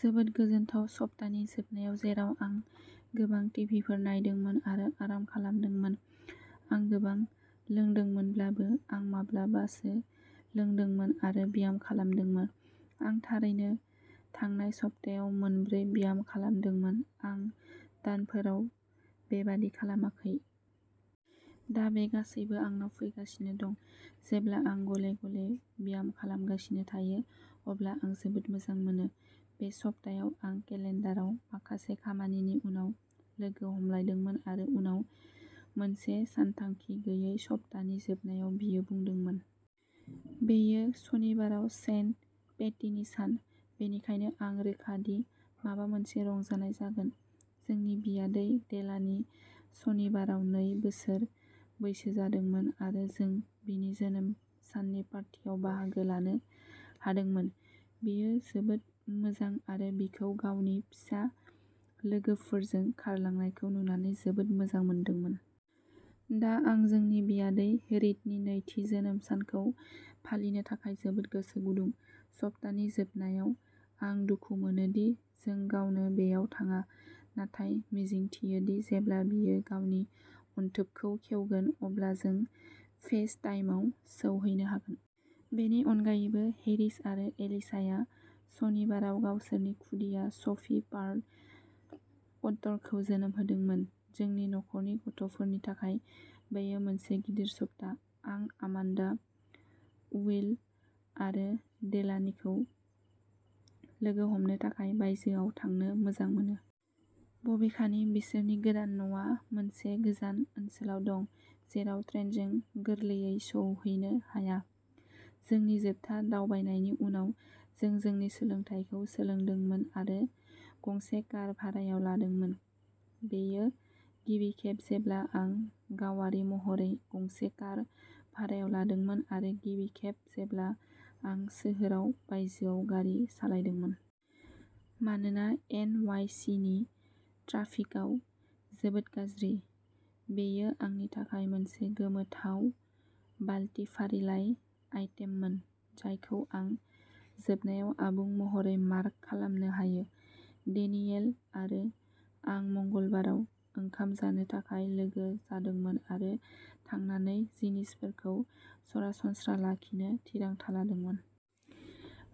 जोबोद गोजोनथाव सप्तानि जोबनायाव, जेराव आं गोबां टिभिफोर नायदोंमोन आरो आराम खालामदोंमोन। आं गोबां लोंदोंमोनब्लाबो, आं माब्लाबासो लोंदोंमोन आरो ब्याम खालामदोंमोन। आं थारैनो थांनाय सप्तायाव मोन ब्रै ब्याम खालामदोंमोन। आं दानफोराव बेबादि खालामाखै। दा बे गासैबो आंनाव फैगासिनो दं। जेब्ला आं गले गले ब्याम खालामगासिनो थायो, अब्ला आं जोबोद मोजां मोनो। बे सप्तायाव आं केलेनदाराव माखासे खामानिनि उनाव लोगो हमलायदोंमोन आरो उनाव मोनसे सानथांखि गैयै सप्तानि जोबनायाव बियो बुंदोंमोन। बेयो सनिबाराव सेन्ट पेटिनि सान। बेनिखायनो आं रोखा दि माबा मोनसे रंजानाय जागोन। जोंनि बियादै, डेलानी, सनिबाराव नै बोसोर बैसो जादोंमोन आरो जों बिनि जोनोम साननि पार्टियाव बाहागो लानो हादोंमोन। बियो जोबोद मोजां आरो बिखौ गावनि फिसा लोगोफोरजों खारलांनायखौ नुनानै जोबोद मोजां मोनदोंमोन। दा आं जोंनि बियादै रिदनि नैथि जोनोम सानखौ फालिनो थाखाय जोबोद गोसो गुदुं। सप्तानि जोबनायाव। आं दुखु मोनो दि जों गावनो बेयाव थाङा, नाथाय मिजिंथियोदि जेब्ला बियो गावनि अनथोबखौ खेवगोन अब्ला जों फेस टाइमआव सौहैनो हागोन। बेनि अनगायैबो, हेरिस आरो एलिसाया सनिबाराव गावसोरनि खुदिया, सफी पार्ल कनटरखौ जोनोम होदोंमोन। जोंनि नखरनि गथ'फोरनि थाखाय बेयो मोनसे गिदिर सप्ता। आं आमान्डा, उइल आरो डेलानीखौ लोगो हमनो थाखाय बायजोआव थांनो मोजां मोनो। बबेखानि, बिसोरनि गोदान न'आ मोनसे गोजान ओनसोलाव दं। जेराव ट्रेनजों गोरलैयै सौहैनो हाया। जोंनि जोबथा दावबायनायनि उनाव, जों जोंनि सोलोंथायखौ सोलोंदोंमोन आरो गंसे कार भारायाव लादोंमोन। बेयो गिबि खेब जेब्ला आं गावारि महरै गंसे कार भारायाव लादोंमोन आरो गिबि खेब जेब्ला आं सोहोराव बायजोआव गारि सालायदोंमोन। मानोना एन वाइ सि नि ट्राफिकआ जोबोद गाज्रि। बेयो आंनि थाखाय मोनसे गोमोथाव बालति फारिलाइ आइटेममोन जायखौ आं जोबनायाव आबुं महरै मार्क खालामनो हायो। डेनियेल आरो आं मंगलबाराव ओंखाम जानो थाखाय लोगो जादोंमोन आरो थांनानै जिनिसफोरखौ सरासनस्रा लाखिनो थिरांथा लादोंमोन।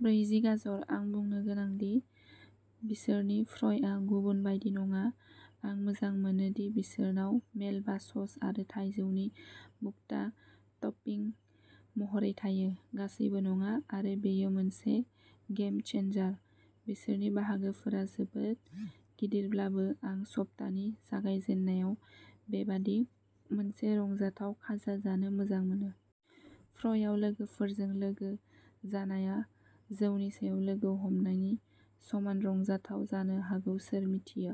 ब्रैजि गाजर। आं बुंनो गोनां दि, बिसोरनि फ्रयआ गुबुन बायदि नङा। आं मोजां मोनो दि बिसोरनाव मेलबा सस आरो थाइजौनि मुक्ता टपिं महरै थायो। गासैबो नङा, आरो बेयो मोनसे गेम चेनजार। बिसोरनि बाहागोफोरा जोबोद गिदिरब्लाबो, आं सप्तानि जागायजेननायाव बेबादि मोनसे रंजाथाव खाजा जानो मोजां मोनो। फ्रयआव लोगोफोरजों लोगो जानाया जौनि सायाव लोगो हमनायनि समान रंजाथाव जानो हागौ सोर मिथियो?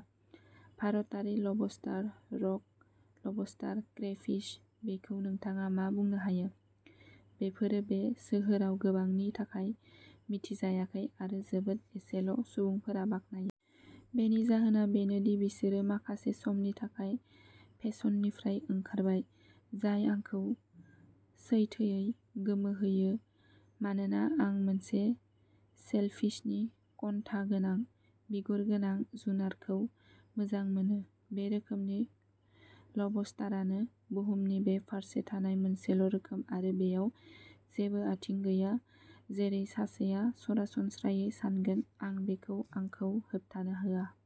भारतारि लब'स्टार, रक लब'स्टार, क्रेफिश, बेखौ नोंथाङा मा बुंनो हायो? बेफोरो बे सोहोराव गोबांनि थाखाय मिथिजायाखै, आरो जोबोद एसेल' सुबुंफोरा बाख्नायो। बेनि जाहोना बेनो दि बिसोरो माखासे समनि थाखाय फेसननिफ्राय ओंखारबाय, जाय आंखौ सैथोयै गोमोहोयो, मानोना आं मोनसे सेलफिसनि कनथा गोनां, बिगुर गोनां, जुनारखौ मोजां मोनो। बे रोखोमनि लब'स्टारानो बुहुमनि बे फारसे थानाय मोनसेल' रोखोम, आरो बेयाव जेबो आथिं गैया जेरै सासेआ सरासनस्रायै सानगोन। आं बेखौ आंखौ होबथानो होआ।